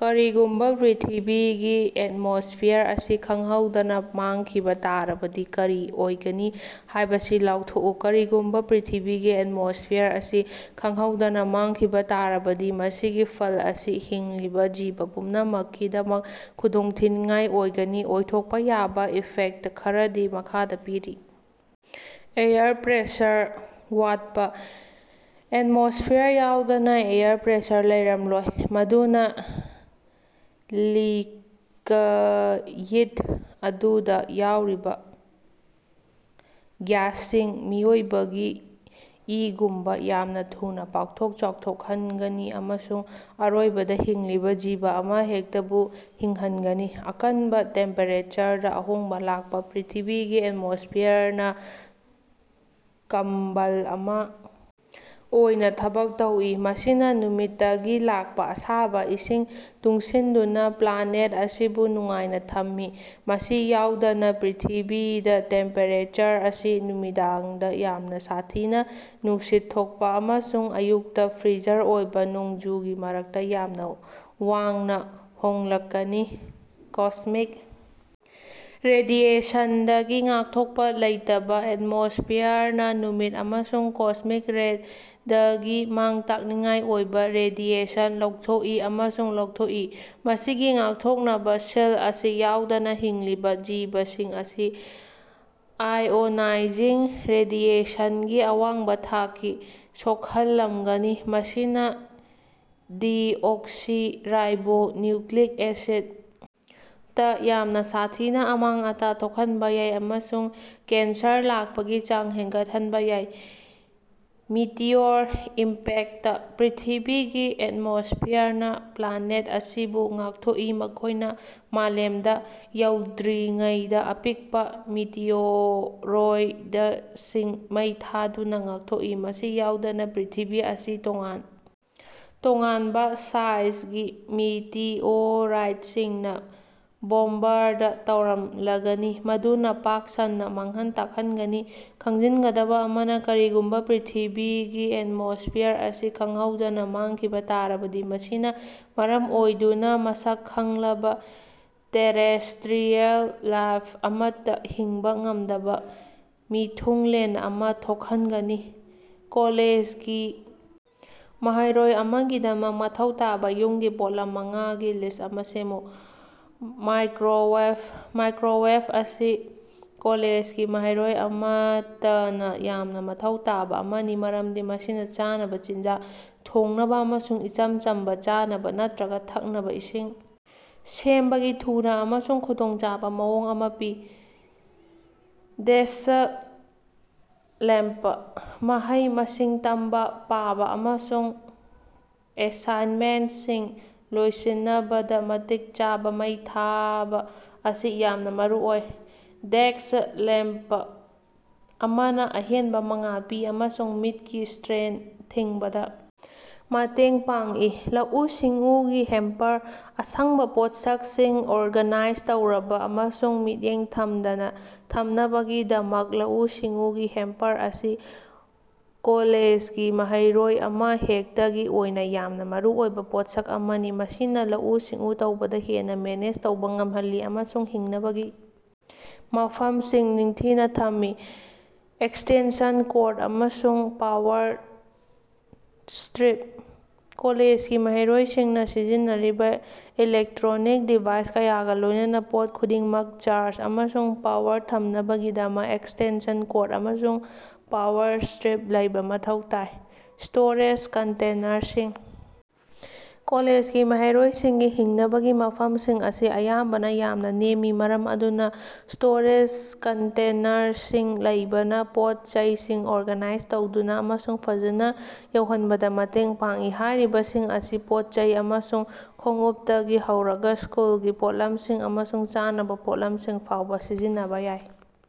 ꯀꯔꯤꯒꯨꯝꯕ ꯄ꯭ꯔꯤꯊꯤꯕꯤꯒꯤ ꯑꯦꯠꯃꯣꯁꯐꯤꯌꯔ ꯑꯁꯤ ꯈꯪꯍꯧꯗꯅꯥ ꯃꯥꯡꯈꯤꯕ ꯇꯥꯔꯕꯗꯤ ꯀꯔꯤ ꯑꯣꯏꯒꯅꯤ ꯍꯥꯏꯕꯁꯤ ꯂꯥꯎꯊꯣꯛꯎ꯫ ꯀꯔꯤꯒꯨꯝꯕ ꯄ꯭ꯔꯤꯊꯤꯕꯤꯒꯤ ꯑꯦꯠꯃꯣꯁꯐꯤꯌꯔ ꯑꯁꯤ ꯈꯪꯍꯧꯗꯅꯥ ꯃꯥꯡꯈꯤꯕ ꯇꯥꯔꯕꯗꯤ, ꯃꯁꯤꯒꯤ ꯐꯜ ꯑꯁꯤ ꯍꯤꯡꯂꯤꯕ ꯖꯤꯕ ꯄꯨꯝꯅꯃꯛꯀꯤꯗꯃꯛ ꯈꯨꯗꯣꯡꯊꯤꯅꯤꯉꯥꯏ ꯑꯣꯏꯒꯅꯤ꯫ ꯑꯣꯏꯊꯣꯛꯄ ꯌꯥꯕ ꯏꯐꯦꯛꯇ ꯈꯔꯗꯤ ꯃꯈꯥꯗ ꯄꯤꯔꯤ - ꯑꯦꯌꯔ ꯄ꯭ꯔꯦꯁꯔ ꯋꯥꯠꯄ -ꯑꯦꯠꯃꯣꯁꯐꯤꯌꯔ ꯌꯥꯎꯗꯅ ꯑꯦꯌꯔ ꯄ꯭ꯔꯦꯁꯔ ꯂꯩꯔꯝꯂꯣꯏ, ꯃꯗꯨꯅ ꯂꯤꯀ꯭ꯌꯤꯠ ꯑꯗꯨꯗ ꯌꯥꯎꯔꯤꯕ ꯒ꯭ꯌꯥꯁꯁꯤꯡ, ꯃꯤꯑꯣꯏꯕꯒꯤ ꯏꯒꯨꯝꯕ ꯌꯥꯝꯅ ꯊꯨꯅ ꯄꯥꯛꯊꯣꯛ-ꯆꯥꯎꯊꯣꯛꯍꯟꯒꯅꯤ ꯑꯃꯁꯨꯡ ꯑꯔꯣꯏꯕꯗ ꯍꯤꯡꯂꯤꯕ ꯖꯤꯕ ꯑꯃꯍꯦꯛꯇꯕꯨ ꯁꯤꯍꯟꯒꯅꯤ꯫ ꯑꯀꯟꯕ ꯇꯦꯝꯄꯦꯔꯦꯆꯔꯗ ꯑꯍꯣꯡꯕ ꯂꯥꯛꯄ - ꯄ꯭ꯔꯤꯊꯤꯕꯤꯒꯤ ꯑꯦꯠꯃꯣꯁꯐꯤꯌꯔꯅꯥ ꯀꯝꯕꯜ ꯑꯃ ꯑꯣꯏꯅ ꯊꯕꯛ ꯇꯧꯏ, ꯃꯁꯤꯅ ꯅꯨꯃꯤꯠꯇꯒꯤ ꯂꯥꯛꯄ ꯑꯁꯥꯕꯥ ꯏꯁꯤꯡ ꯇꯨꯡꯁꯤꯟꯗꯨꯅ ꯄ꯭ꯂꯥꯅꯦꯠ ꯑꯁꯤꯕꯨ ꯅꯨꯡꯉꯥꯏꯅ ꯊꯝꯃꯤ꯫ ꯃꯁꯤ ꯌꯥꯎꯗꯅ, ꯄ꯭ꯔꯤꯊꯤꯕꯤꯗꯥ ꯇꯦꯝꯄꯦꯔꯦꯆꯔ ꯑꯁꯤ ꯅꯨꯃꯤꯗꯥꯡꯗ ꯌꯥꯝꯅ ꯁꯥꯊꯤꯅ ꯅꯨꯡꯁꯤꯠ ꯊꯣꯛꯄ ꯑꯃꯁꯨꯡ ꯑꯌꯨꯛꯇ ꯐ꯭ꯔꯤꯖꯔ ꯑꯣꯏꯕ ꯅꯣꯡꯖꯨꯒꯤ ꯃꯔꯛꯇ ꯌꯥꯝꯅ ꯋꯥꯡꯅ ꯍꯣꯡꯂꯛꯀꯅꯤ꯫ ꯀꯣꯁ꯭ꯃꯤꯛ ꯔꯦꯗꯤꯑꯦꯁꯟꯗꯒꯤ ꯉꯥꯛꯊꯣꯛꯄ ꯂꯩꯇꯕꯥ - ꯑꯦꯠꯃꯣꯁꯐꯤꯌꯔꯅꯥ ꯅꯨꯃꯤꯠ ꯑꯃꯁꯨꯡ ꯀꯣꯁ꯭ꯃꯤꯛ ꯔꯦꯗꯒꯤ ꯃꯥꯡ-ꯇꯥꯛꯅꯤꯡꯉꯥꯏ ꯑꯣꯏꯕ ꯔꯦꯗꯤꯑꯦꯁꯟ ꯂꯧꯊꯣꯛꯏ ꯑꯃꯁꯨꯡ ꯂꯧꯊꯣꯛꯏ꯫ ꯃꯁꯤꯒꯤ ꯉꯥꯛꯊꯣꯛꯅꯕꯥ ꯁꯤꯜ ꯑꯁꯤ ꯌꯥꯎꯗꯅꯥ ꯍꯤꯡꯂꯤꯕ ꯖꯤꯕꯁꯤꯡ ꯑꯁꯤ ꯑꯥꯏꯑꯣꯅꯥꯏꯖꯤꯡ ꯔꯦꯗꯤꯑꯦꯁꯟꯒꯤ ꯑꯋꯥꯡꯕ ꯊꯥꯛꯀꯤ ꯁꯣꯛꯍꯜꯂꯝꯒꯅꯤ, ꯃꯁꯤꯅ ꯗꯤꯑꯣꯛꯁꯤ ꯔꯥꯏꯕꯣ ꯅ꯭ꯌꯨꯀ꯭ꯂꯤꯛ ꯑꯦꯁꯤꯠ ꯇꯥ ꯌꯥꯝꯅ ꯁꯥꯊꯤꯅ ꯑꯃꯥꯡ-ꯑꯇꯥ ꯊꯣꯛꯍꯟꯕ ꯌꯥꯏ ꯑꯃꯁꯨꯡ ꯀꯦꯟꯁꯔ ꯂꯥꯛꯄꯒꯤ ꯆꯥꯡ ꯍꯦꯟꯒꯠꯍꯟꯕ ꯌꯥꯏ꯫ ꯃꯤꯇꯤꯑꯣꯔ ꯏꯝꯄꯦꯛꯇ - ꯄ꯭ꯔꯤꯊꯤꯕꯤꯒꯤ ꯑꯦꯠꯃꯣꯁꯐꯤꯌꯔꯅꯥ ꯄ꯭ꯂꯥꯅꯦꯠ ꯑꯁꯤꯕꯨ ꯉꯥꯛꯊꯣꯛꯏ, ꯃꯈꯣꯏꯅ ꯃꯥꯂꯦꯝꯗ ꯌꯧꯗ꯭ꯔꯤꯉꯩꯗ ꯑꯄꯤꯛꯄ ꯃꯤꯇꯤꯑꯣꯔꯣꯏꯗꯁꯤꯡ ꯃꯩ ꯊꯥꯗꯨꯅ ꯉꯥꯛꯊꯣꯛꯏ꯫ ꯃꯁꯤ ꯌꯥꯎꯗꯅ ꯄ꯭ꯔꯤꯊꯤꯕꯤ ꯑꯁꯤ ꯇꯣꯉꯥꯟ ꯇꯣꯉꯥꯟꯕ ꯁꯥꯏꯖꯒꯤ ꯃꯤꯇꯤꯑꯣꯔꯥꯏꯠꯁꯤꯡꯅ ꯕꯣꯝꯕꯔꯗ ꯇꯧꯔꯝꯂꯒꯅꯤ, ꯃꯗꯨꯅ ꯄꯥꯛ ꯁꯟꯅ ꯃꯥꯡꯍꯟ ꯇꯥꯛꯍꯟꯒꯅꯤ꯫ ꯈꯪꯖꯤꯟꯒꯗꯕ ꯑꯃꯅꯥ, ꯀꯔꯤꯒꯨꯝꯕ ꯄ꯭ꯔꯤꯊꯤꯕꯤꯒꯤ ꯑꯦꯠꯃꯣꯁꯐꯤꯌꯔ ꯑꯁꯤ ꯈꯪꯍꯧꯗꯅꯥ ꯃꯥꯡꯈꯤꯕ ꯇꯥꯔꯕꯗꯤ, ꯃꯁꯤꯅ ꯃꯔꯝ ꯑꯣꯏꯗꯨꯅ ꯃꯁꯛ ꯈꯪꯂꯕꯥ ꯇꯦꯔꯦꯁꯇ꯭ꯔꯤꯌꯜ ꯂꯥꯏꯐ ꯑꯃꯠꯇ ꯍꯤꯡꯕ ꯉꯝꯗꯕꯥ ꯃꯤꯊꯨꯡꯂꯦꯟ ꯑꯃ ꯊꯣꯛꯍꯟꯒꯅꯤ꯫ ꯀꯣꯂꯦꯖꯒꯤ ꯃꯍꯩꯔꯣꯏ ꯑꯃꯒꯤꯗꯃꯛ ꯃꯊꯧ ꯇꯥꯕ ꯌꯨꯝꯒꯤ ꯄꯣꯠꯂꯝ ꯃꯉꯥꯒꯤ ꯂꯤꯁ꯭ꯠ ꯑꯃ ꯁꯦꯝꯃꯨ꯫ ꯃꯥꯏꯀ꯭ꯔꯣꯋꯦꯕ - ꯃꯥꯏꯀ꯭ꯔꯣꯋꯦꯕ ꯑꯁꯤ ꯀꯣꯂꯦꯖꯒꯤ ꯃꯍꯩꯔꯣꯏ ꯑꯃꯠꯇꯅ ꯌꯥꯝꯅ ꯃꯊꯧ ꯇꯥꯕ ꯑꯃꯅꯤ ꯃꯔꯝꯗꯤ ꯃꯁꯤꯅ ꯆꯥꯅꯕꯥ ꯆꯤꯟꯖꯥꯛ ꯊꯣꯡꯅꯕꯥ ꯑꯃꯁꯨꯡ ꯏꯆꯝ ꯆꯝꯕꯥ ꯆꯥꯅꯕꯥ ꯅꯠꯇꯔꯒ ꯊꯛꯅꯕ ꯏꯁꯤꯡ ꯁꯦꯝꯕꯒꯤ ꯊꯨꯅ ꯑꯃꯁꯨꯡ ꯈꯨꯗꯣꯡꯆꯥꯕ ꯃꯑꯣꯡ ꯑꯃ ꯄꯤ꯫ ꯗꯦꯁ꯭ꯛ ꯂꯦꯝꯄ - ꯃꯍꯩ-ꯃꯁꯤꯡ ꯇꯝꯕ, ꯄꯥꯕ ꯑꯃꯁꯨꯡ ꯑꯦꯁꯥꯏꯟꯃꯦꯟꯇꯁꯤꯡ ꯂꯣꯏꯁꯤꯅꯕꯗꯥ ꯃꯇꯤꯛ ꯆꯥꯕ ꯃꯩ ꯊꯥꯕ ꯑꯁꯤ ꯌꯥꯝꯅ ꯃꯔꯨꯑꯣꯏ꯫ ꯗꯦꯁ꯭ꯛ ꯂꯦꯝꯄ ꯑꯃꯅ ꯑꯍꯦꯟꯕ ꯃꯉꯥꯜ ꯄꯤ ꯑꯃꯁꯨꯡ ꯃꯤꯠꯀꯤ ꯁ꯭ꯇꯔꯦꯟ ꯊꯤꯡꯕꯗ ꯃꯇꯦꯡ ꯄꯥꯡꯏ꯫ ꯂꯧꯎ-ꯁꯤꯡꯎꯒꯤ ꯍꯦꯝꯄꯔ - ꯑꯁꯪꯕ ꯄꯣꯠꯁꯛꯁꯤꯡ ꯑꯣꯔꯒꯥꯅꯥꯏꯖ ꯇꯧꯔꯕ ꯑꯃꯁꯨꯡ ꯃꯤꯠꯌꯦꯡ ꯊꯝꯗꯅ ꯊꯝꯅꯕꯒꯤꯗꯃꯛ, ꯂꯧꯎ-ꯁꯤꯡꯎꯒꯤ ꯍꯦꯝꯄꯔ ꯑꯁꯤ ꯀꯣꯂꯦꯖꯒꯤ ꯃꯍꯩꯔꯣꯌ ꯑꯃꯍꯦꯛꯇꯒꯤ ꯑꯣꯏꯅ ꯌꯥꯝꯅ ꯃꯔꯨꯑꯣꯏꯕ ꯄꯣꯠꯁꯛ ꯑꯃꯅꯤ꯫ ꯃꯁꯤꯅ ꯂꯧꯎ-ꯁꯤꯡꯎ ꯇꯧꯕꯗ ꯍꯦꯟꯅ ꯃꯦꯅꯦꯖ ꯇꯧꯕ ꯉꯝꯍꯜꯂꯤ ꯑꯃꯁꯨꯡ ꯍꯤꯡꯅꯕꯒꯤ ꯃꯐꯝꯁꯤꯡ ꯅꯤꯡꯊꯤꯅ ꯊꯝꯃꯤ꯫ ꯑꯦꯛꯁꯇꯦꯟꯁꯟ ꯀꯣꯔꯗ ꯑꯃꯁꯨꯡ ꯄꯥꯋꯔ ꯁ꯭ꯇꯔꯤꯞ - ꯀꯣꯂꯦꯖꯒꯤ ꯃꯍꯩꯔꯣꯏꯁꯤꯡꯅ ꯁꯤꯖꯤꯟꯅꯔꯤꯕ ꯏꯂꯦꯛꯇ꯭ꯔꯣꯅꯤꯛ ꯗꯤꯚꯥꯏꯁ ꯀꯌꯥꯒ ꯂꯣꯏꯅꯅꯥ, ꯄꯣꯠ ꯈꯨꯗꯤꯡꯃꯛ ꯆꯥꯔꯖ ꯑꯃꯁꯨꯡ ꯄꯥꯋꯔ ꯊꯝꯅꯕꯒꯤꯗꯃꯛ ꯑꯦꯛꯁꯇꯦꯟꯁꯟ ꯀꯣꯔꯗ ꯑꯃꯁꯨꯡ ꯄꯥꯋꯔ ꯁ꯭ꯇꯔꯤꯞ ꯂꯩꯕ ꯃꯊꯧ ꯇꯥꯏ꯫ ꯁ꯭ꯇꯣꯔꯦꯖ ꯀꯟꯇꯦꯅꯔꯁꯤꯡ - ꯀꯣꯂꯦꯖꯒꯤ ꯃꯍꯩꯔꯣꯏꯁꯤꯡꯒꯤ ꯍꯤꯡꯅꯕꯒꯤ ꯃꯐꯝꯁꯤꯡ ꯑꯁꯤ ꯑꯌꯥꯝꯕꯅ ꯌꯥꯝꯅ ꯅꯦꯝꯃꯤ, ꯃꯔꯝ ꯑꯗꯨꯅ ꯁ꯭ꯇꯣꯔꯦꯖ ꯀꯟꯇꯦꯅꯔꯁꯤꯡ ꯂꯩꯕꯅ ꯄꯣꯠ-ꯆꯩꯁꯤꯡ ꯑꯣꯔꯒꯥꯅꯥꯏꯖ ꯇꯧꯗꯨꯅ ꯑꯃꯁꯨꯡ ꯐꯖꯅ ꯌꯧꯍꯟꯕꯗ ꯃꯇꯦꯡ ꯄꯥꯡꯏ꯫ ꯍꯥꯏꯔꯤꯕꯁꯤꯡ ꯑꯁꯤ ꯄꯣꯠ-ꯆꯩ ꯑꯃꯁꯨꯡ ꯈꯣꯡꯎꯞꯇꯒꯤ ꯍꯧꯔꯒꯥ ꯁ꯭ꯀꯨꯜꯒꯤ ꯄꯣꯠꯂꯝꯁꯤꯡ ꯑꯃꯁꯨꯡ ꯆꯥꯅꯕꯥ ꯄꯣꯠꯂꯝꯁꯤꯡ ꯐꯥꯎꯕ ꯁꯤꯖꯤꯟꯅꯕ ꯌꯥꯏ꯫